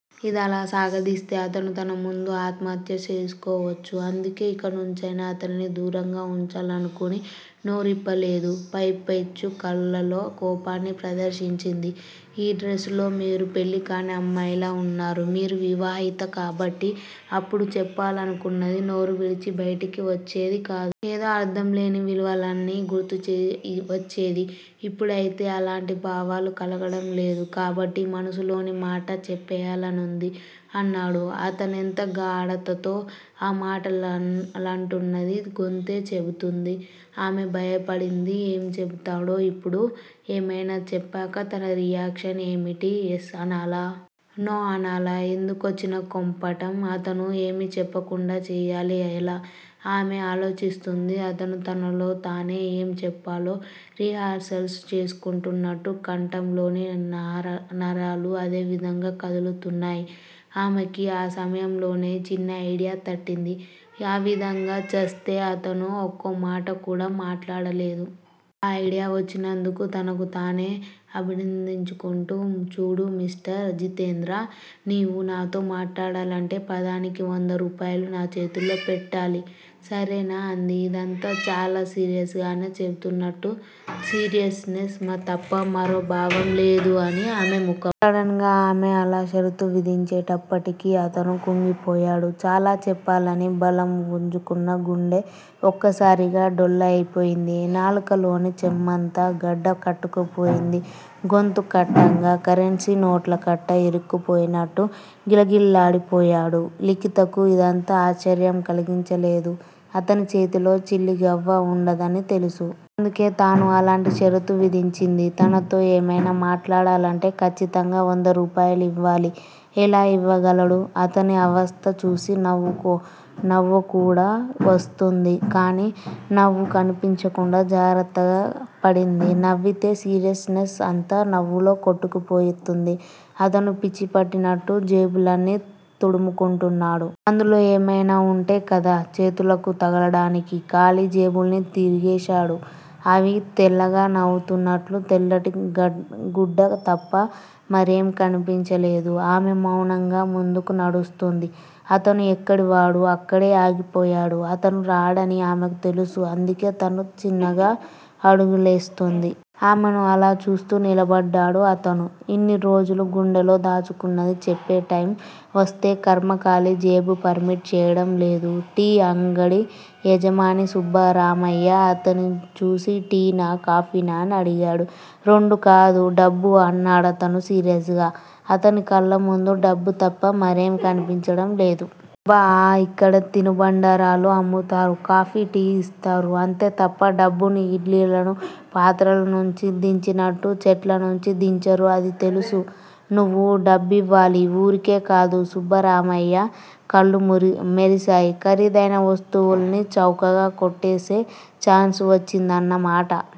ఇదిలా సాగదీస్తే అతను తన ముందు ఆత్మహత్య చేసుకోవచ్చు. అందుకే ఇకనుంచైనా అతనిని దూరంగా వుంచాలనుకుని నోరిప్ప లేదు. పైపెచ్చు కళ్ళల్లో కోపాన్ని ప్రదర్శించింది. ఈ డ్రస్ లో మీరు పెళ్ళి కాని అమ్మాయిలా వున్నారు. మీరు వివాహిత కాబట్టి అప్పుడు చెప్పాలనుకున్నది నోరు విడిచి బయటికి వచ్చేది కాదు. ఏదో అర్ధం లేని విలువలన్నీ గుర్తు వచ్చేది ఇప్పుడైతే అలాంటి భావాలు కలగడం లేదు. కాబట్టి మనసులోని మాట చెప్పేయాలనుంది అన్నాడు. అతనెంత గాఢతతో ఆ మాటలంటున్నది గొంతే చెబుతోంది. ఆమె భయపడింది. ఏం చెబుతాడు ఇప్పుడు? ఏమైనా చెప్పాక తన రియాక్షన్ ఏమిటి? ఎస్ అనాలా? నో అనాలా? ఎందుకొచ్చిన కుంపటం, అతను ఏమీ చెప్పకుండా చేయాలి ఎలా? ఆమె ఆలోచిస్తోంది. అతను తనలో తానే ఏం చెప్పాలో రిహార్సల్స్ చేసుకుంటున్నట్టు కంఠంలోని నరాలు అదే విధంగా కదులుతున్నాయి. ఆమెకి ఆ సమయంలోనే చిన్న ఐడియా తట్టింది. ఆ విధంగా చేస్తే అతను ఒక్క మాట కూడా మాట్లాడలేదు. ఆ ఐడియా వచ్చినందుకు తనకు తానే అభినందించుకుంటూ చూడు మిస్టర్ జితేంద్ర! నీవు నాతో మాట్లాడాలంటే పదానికి వంద రూపాయలు నా చేతుల్లో పెట్టాలి. సరేనా అంది. ఇదంతా చాలా సీరియస్ గానే చెబుతున్నట్టు సీరియస్ నెస్ తప్ప మరో భావం లేదు ఆమె ముఖంలో. సడన్ గా ఆమె అలా షరతు విధించేటప్పటికి అతను కుంగిపోయాడు. చాలా చెప్పాలని బలం పుంజుకున్న గుండె ఒక్కసారిగా డొల్ల అయిపోయింది. నాలుకలోని చెమ్మంతా గడ్డ కట్టుకుపోయింది. గొంతు కడ్డంగా కరెన్సీనోట్ల కట్ట ఇరుక్కుపోయినట్టు గిలగిల్లాడిపోయాడు. లిఖితకు ఇదంతా ఆశ్చర్యం కలిగించలేదు. అతని చేతిలో చిల్లిగవ్వ వుండదని తెలుసు. అందుకే తాను అలాంటి షరతు విధించింది. తనతో ఏమైనా మాట్లాడాలంటే ఖచ్చితంగా వంద రూపాయలు ఇవ్వాలి. ఎలా ఇవ్వగలడు-? అతని అవస్థ చూసి నవ్వుకూడా వస్తోంది. కానీ నవ్వు కనిపించకుండా జాగ్రత్త పడింది. నవ్వితే సీరియస్ నెస్ అంతా నవ్వులో కొట్టుకుపోతుంది. అతను పిచ్చిపట్టినట్టు జేబులన్నీ తడుముకుంటున్నాడు. అందులో ఏమైనా వుంటే కదా చేతులకు తగలడానికి ఖాళీ జేబుల్ని తిరగేశాడు. అవి తెల్లగా నవ్వుతున్నట్లు తెల్లటి గుడ్డ తప్ప మరేం కనిపించలేదు. ఆమె మౌనంగా ముందుకు నడుస్తోంది. అతను ఎక్కడివాడు అక్కడే ఆగిపోయాడు. అతను రాడని ఆమెకు తెలుసు అందుకే తను చిన్నగా అడుగులేస్తోంది. ఆమెను అలా చూస్తూ నిలబడ్డాడు అతను. ఇన్నిరోజులు గుండెలో దాచుకున్నది చెప్పే టైమ్ వస్తే ఖర్మ కాలి జేబు పర్మిట్ చేయటం లేదు. టీ అంగడి యజమాని సుబ్బరామయ్య అతని చూసి టీనా? కాఫీనా అని అడిగాడు. రెండూ కాదు- డబ్బు అన్నాడతను సీరియస్ గా అతని కళ్ళు ముందు డబ్బు తప్ప మరేం కనిపించడం లేదు. డబ్బా! ఆ ఇక్కడ తినుబండారాలు అమ్ముతారు. కాఫీ, టీ ఇస్తారు. అంతే తప్ప డబ్బును ఇడ్లీలను పాత్రల నుంచి దించినట్టు చెట్ల నుంచి దించరు అది తెలుసు. నువ్వు డబ్బివ్వాలి- వూరికే కాదు సుబ్బరామయ్య కళ్ళు మెరిసాయి. ఖరీదైన వస్తువుల్ని చౌకగా కొట్టేసే ఛాన్స్ వచ్చిందన్న మాట.